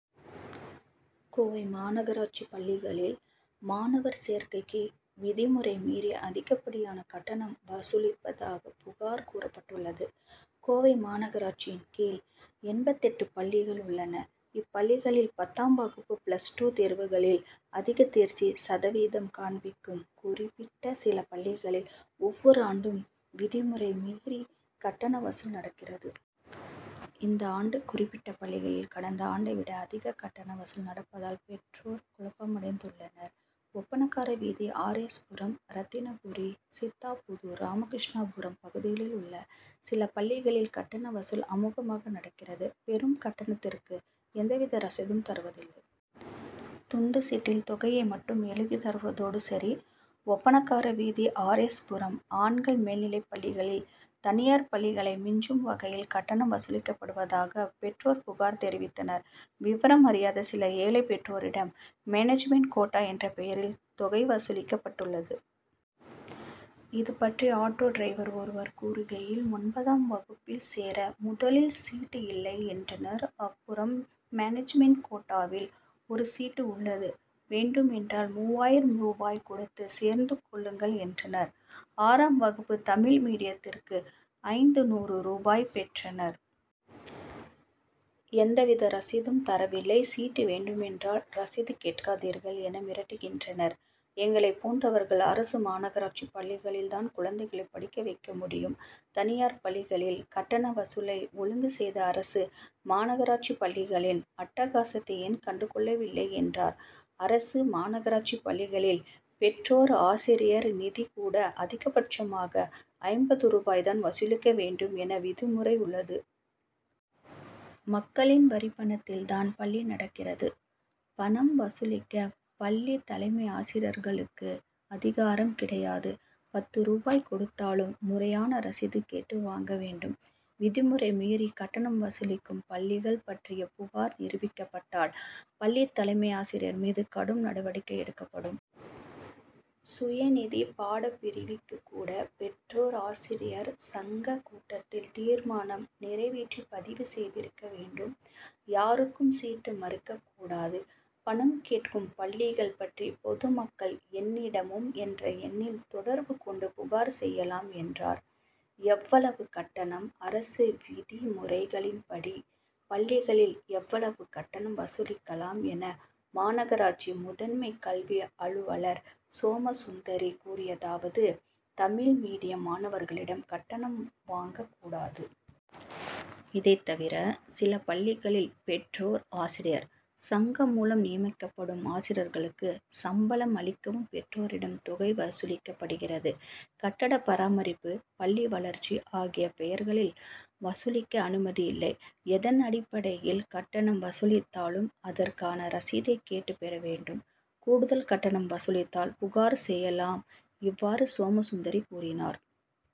கோவை: மாநகராட்சிப் பள்ளிகளில் மாணவர் சேர்க்கைக்கு விதிமுறை மீறி, அதிகப்படியான கட்டணம் வசூலிப்பதாக புகார் கூறப்பட்டுள்ளது. கோவை மாநகராட்சியின் கீழ் எண்பத்தெட்டு பள்ளிகள் உள்ளன. இப்பள்ளிகளில் பத்தாம் வகுப்பு, பிளஸ் டூ தேர்வுகளில், அதிக தேர்ச்சி சதவீதம் காண்பிக்கும் குறிப்பிட்ட சில பள்ளிகளில் ஒவ்வொரு ஆண்டும் விதிமுறை மீறி கட்டண வசூல் நடக்கிறது. இந்த ஆண்டு குறிப்பிட்ட பள்ளிகளில் கடந்த ஆண்டை விட அதிக கட்டண வசூல் நடப்பதால் பெற்றோர் குழப்பமடைந்துள்ளனர். ஒப்பணக்கார வீதி, ஆர். எஸ். புரம், ரத்தினபுரி, சித்தாபுதூர், ராமகிருஷ்ணாபுரம் பகுதிகளில் உள்ள சில பள்ளிகளில் கட்டண வசூல் அமோகமாக நடக்கிறது. பெறும் கட்டணத்துக்கு எந்தவித ரசீதும் தருவதில்லை. துண்டுச்சீட்டில் தொகையை மட்டும் எழுதித் தருவதோடு சரி. ஒப்பணக்கார வீதி, ஆர். எஸ். புரம் ஆண்கள் மேல்நிலைப்பள்ளிகளில் தனியார் பள்ளிகளை மிஞ்சும் வகையில் கட்டணம் வசூலிக்கப்படுவதாக, பெற்றோர் புகார் தெரிவித்தனர். விபரம் அறியாத சில ஏழை பெற்றோரிடம் மேனேஜ்மென்ட் கோட்டா என்ற பெயரில் தொகை வசூலிக்கப்பட்டுள்ளது. இது பற்றி ஆட்டோ டிரைவர் ஒருவர் கூறுகையில், ஒன்பதாம் வகுப்பில் சேர முதலில் சீட் இல்லை என்றனர். அப்புறம் மேனேஜ்மென்ட் கோட்டாவில் ஒரு சீட் உள்ளது. வேண்டும் என்றால் மூவாயிரம் ரூபாய் கொடுத்து சேர்ந்து கொள்ளுங்கள்' என்றனர். ஆறாம் வகுப்பு தமிழ் மீடியத்துக்கு ஐந்நூறு ரூபாய் பெற்றனர். எந்தவித ரசீதும் ரவில்லை. சீட் வேண்டுமென்றால் ரசீது கேட்காதீர்கள்' என மிரட்டுகின்றனர். எங்களைப் போன்றவர்கள், அரசு, மாநகராட்சிப் பள்ளிகளில் தான் குழந்தைகளை படிக்க வைக்க முடியும். தனியார் பள்ளிகளின் கட்டண வசூலை ஒழுங்கு செய்த அரசு, மாநகராட்சிப் பள்ளிகளின் அட்டகாசத்தை ஏன் கண்டுகொள்ளவில்லை என்றார். அரசு, மாநகராட்சிப் பள்ளிகளில் பெற்றோர்-ஆசிரியர் நிதி கூட அதிகபட்சமாக ஐம்பது ரூபாய் தான் வசூலிக்க வேண்டும் என விதிமுறை உள்ளது. மக்களின் வரிப்பணத்தில் தான் பள்ளி நடக்கிறது. பணம் வசூலிக்க பள் ளித் தலைமை ஆசிரியர்களுக்கு அதிகாரம் கிடையாது. பத்து ரூபாய் கொடுத்தாலும் முறையான ரசீது கேட்டு வாங்க வேண்டும். விதிமுறை மீறி கட்டணம் வசூலிக்கும் பள்ளிகள் பற்றிய புகார் நிரூபிக்கப்பட்டால், பள்ளித் தலைமை ஆசிரியர் மீது கடும் நடவடிக்கை எடுக்கப்படும். சுயநிதி பாடப் பிரிவுக்கு கூட, பெற்றோர் ஆசிரியர் சங்கக் கூட்டத்தில் தீர்மானம் நிறைவேற்றி பதிவு செய்திருக்க வேண்டும். யாருக்கும் சீட் மறுக்கக் கூடாது. பணம் கேட்கும் பள்ளிகள் பற்றி பொதுமக்கள் என்னிடமும் என்ற எண்ணில் தொடர்பு கொண்டு புகார் செய்யலாம், என்றார். எவ்வளவு கட்டணம்? அரசு விதிமுறைகளின்படி, பள்ளிகளில் எவ்வளவு கட்டணம் வசூலிக்கலாம் என மாநகராட்சி முதன்மை கல்வி அலுவலர் சோமசுந்தரி கூறியதாவது:தமிழ் மீடியம் மாணவர்களிடம் கட்டணம் வாங்கக் கூடாது. இதைத் தவிர, சில பள்ளிகளில் பெற்றோர்-ஆசிரியர் சங்கம் மூலம் நியமிக்கப்படும் ஆசிரியர்களுக்கு சம்பளம் அளிக்கவும் பெற்றோரிடம் தொகை வசூலிக்கப்படுகிறது. கட்டட பராமரிப்பு, பள்ளி வளர்ச்சி ஆகிய பெயர்களில் வசூலிக்க அனுமதி இல்லை. எதன் அடிப்படையில் கட்டணம் வசூலித்தாலும், அதற்கான ரசீதை கேட்டுப் பெற வேண்டும். கூடுதல் கட்டணம் வசூலித்தால் புகார் செய்யலாம். இவ்வாறு, சோமசுந்தரி கூறினார்.